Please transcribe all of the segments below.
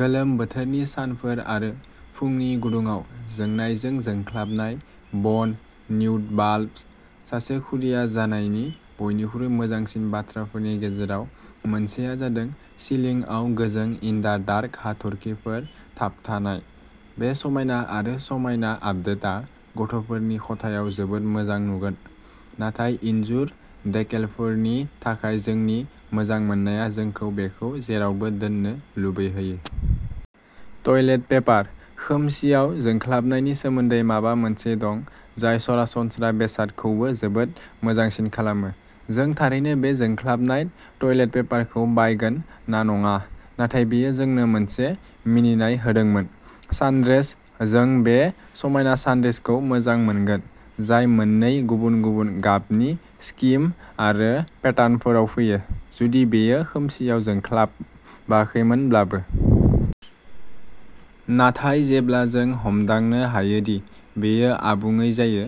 गोलोम बोथोरनि सानफोर आरो फुंनि गुदुङाव जोंनायजों जोंख्लाबनाय...! बन निउट बाल्ब्स: सासे खुदिया जानायनि बयनिख्रुइ मोजांसिन बाथ्राफोरनि गेजेराव मोनसेआ जादों सिलिंआव गोजों-इन-दा-डार्क हाथरखिफोर थाबथानाय। बे समायना आरो समायना आपडेटा गथ'फोरनि खथायाव जोबोद मोजां नुगोन, नाथाय इनजुर देकेलफोरनि थाखाय जोंनि मोजां मोननाया जोंखौ बेखौ जेरावबो दोननो लुबैहोयो। टयलेट पेपार: खोमसिआव जोंख्लाबनायनि सोमोन्दै माबा मोनसे दं जाय सरासनस्रा बेसादखौबो जोबोद मोजांसिन खालामो। जों थारैनो बे जोंख्लाबनाय टयलेट पेपारखौ बायगोन ना नङा, नाथाय बेयो जोंनो मोनसे मिनिनाय होदोंमोन। सानड्रेस: जों बे समायना सानड्रेसखौ मोजां मोनगोन, जाय मोननै गुबुन-गुबुन गाबनि स्किम आरो पेटार्नफोराव फैयो, जुदि बेयो खोमसिआव जोंख्लाबाखैमोनब्लाबो। नाथाय जेब्ला जों हमदांनो हायोदि बेयो आबुङै जायो,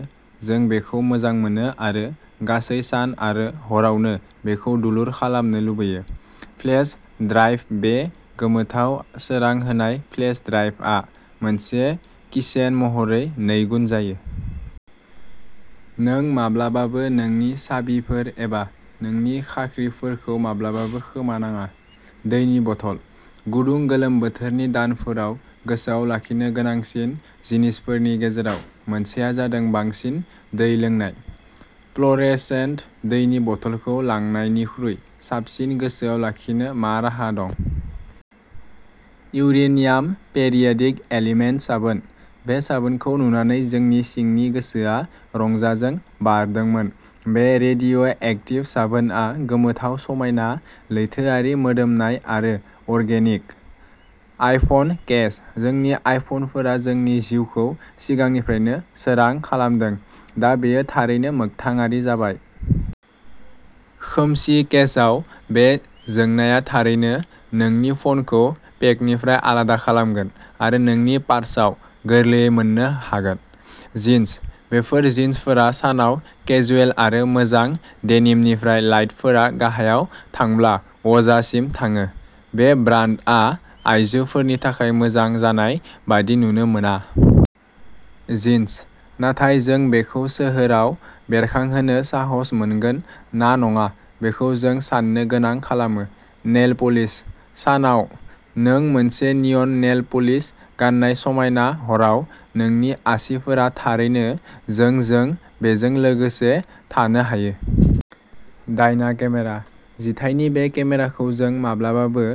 जों बेखौ मोजां मोनो आरो गासै सान आरो हरावनो बेखौ दुलुर खालामनो लुबैयो। फ्लेश ड्राइभ: बे गोमोथाव सोरां होनाय फ्लेश ड्राइभआ मोनसे कीचेन महरै नैगुन जायो... नों माब्लाबाबो नोंनि साबिफोर एबा नोंनि खाख्रिफोरखौ माब्लाबाबो खोमानाङा। दैनि बथल: गुदुं गोलोम बोथोरनि दानफोराव गोसोआव लाखिनो गोनांसिन जिनिसफोरनि गेजेराव मोनसेआ जादों बांसिन दै लोंनाय। फ्ल'रसेन्ट दैनि बथलखौ लांनायनिख्रुइ साबसिन गोसोआव लाखिनो मा राहा दं? इउरेनियाम पेरियडिक एलिमेन्ट साबोन: बे साबोनखौ नुनानै जोंनि सिंनि गोसोआ रंजाजों बारदोंमोन। बे "रेडिय'एक्टिभ" साबोनआ गोमोथाव-समायना, लैथोआरि-मोदोमनाय आरो अर्गेनिक। आइफन केस: जोंनि आइफनफोरा जोंनि जिउखौ सिगांनिफ्रायनो सोरां खालामदों... दा बेयो थारैनो मोगथाङारि जाबाय। खोमसि केसआव बे जोंनाया थारैनो नोंनि फ'नखौ पेकनिफ्राय आलादा खालामगोन... आरो नोंनि पार्साव गोरलैयै मोन्नो हागोन! जिन्स: बेफोर जिन्सफोरा सानाव केजुएल आरो मोजां डेनिमनिफ्राय लाइटफोरा गाहायाव थांब्ला व'जासिम थाङो। बे ब्रान्डआ आयजोफोरनि थाखाय मोजां जानाय बायदि नुनो मोना। जिन्स, नाथाय जों बेखौ सोहोराव बेरखांहोनो साहस मोनगोन ना नङा बेखौ जों साननो गोनां खालामो। नेल पलिश: सानाव, नों मोनसे नियन नेल पलिश गान्नाय समायना; हराव, नोंनि आसिफोरा थारैनो जों जों बेजों लोगोसे थानो हायो! डायना केमेरा: जिथाइनि बे केमेराखौ जों माब्लाबाबो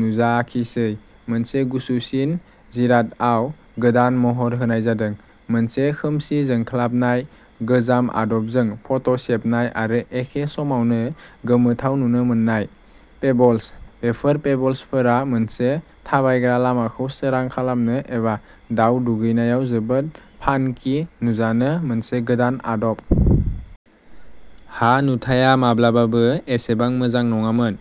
नुजाखिसै मोनसे गुसुसिन जिरादआव गोदान महर होनाय जादोंः मोनसे खोमसि जोंख्लाबनाय, गोजाम आदबजों फट'सेबनाय आरो एखे समावनो गोमोथाव नुनो मोननाय। पेबल्स: बेफोर पेबल्सफोरा मोनसे थाबायग्रा लामाखौ सोरां खालामनो एबा दाउ दुगैनायाव जोबोद फानकि नुजानो मोनसे गोदान आदब। हा नुथाया माब्लाबाबो एसेबां मोजां नङामोन।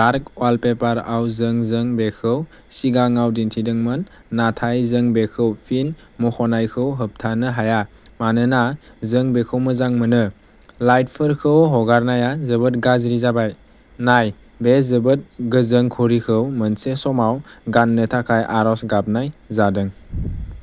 डार्क वालपेपाराव जों जों बेखौ सिगाङाव दिन्थिदोंमोन, नाथाय जों बेखौ फिन मुंख'नायखौ होबथानो हाया मानोना, जों बेखौ मोजां मोनो। लाइटफोरखौ हगारनाया जोबोद गाज्रि जाबाय। नाय: बे जोबोद गोजों घड़िखौ मोनसे समाव गाननो थाखाय आरज गाबनाय जादों।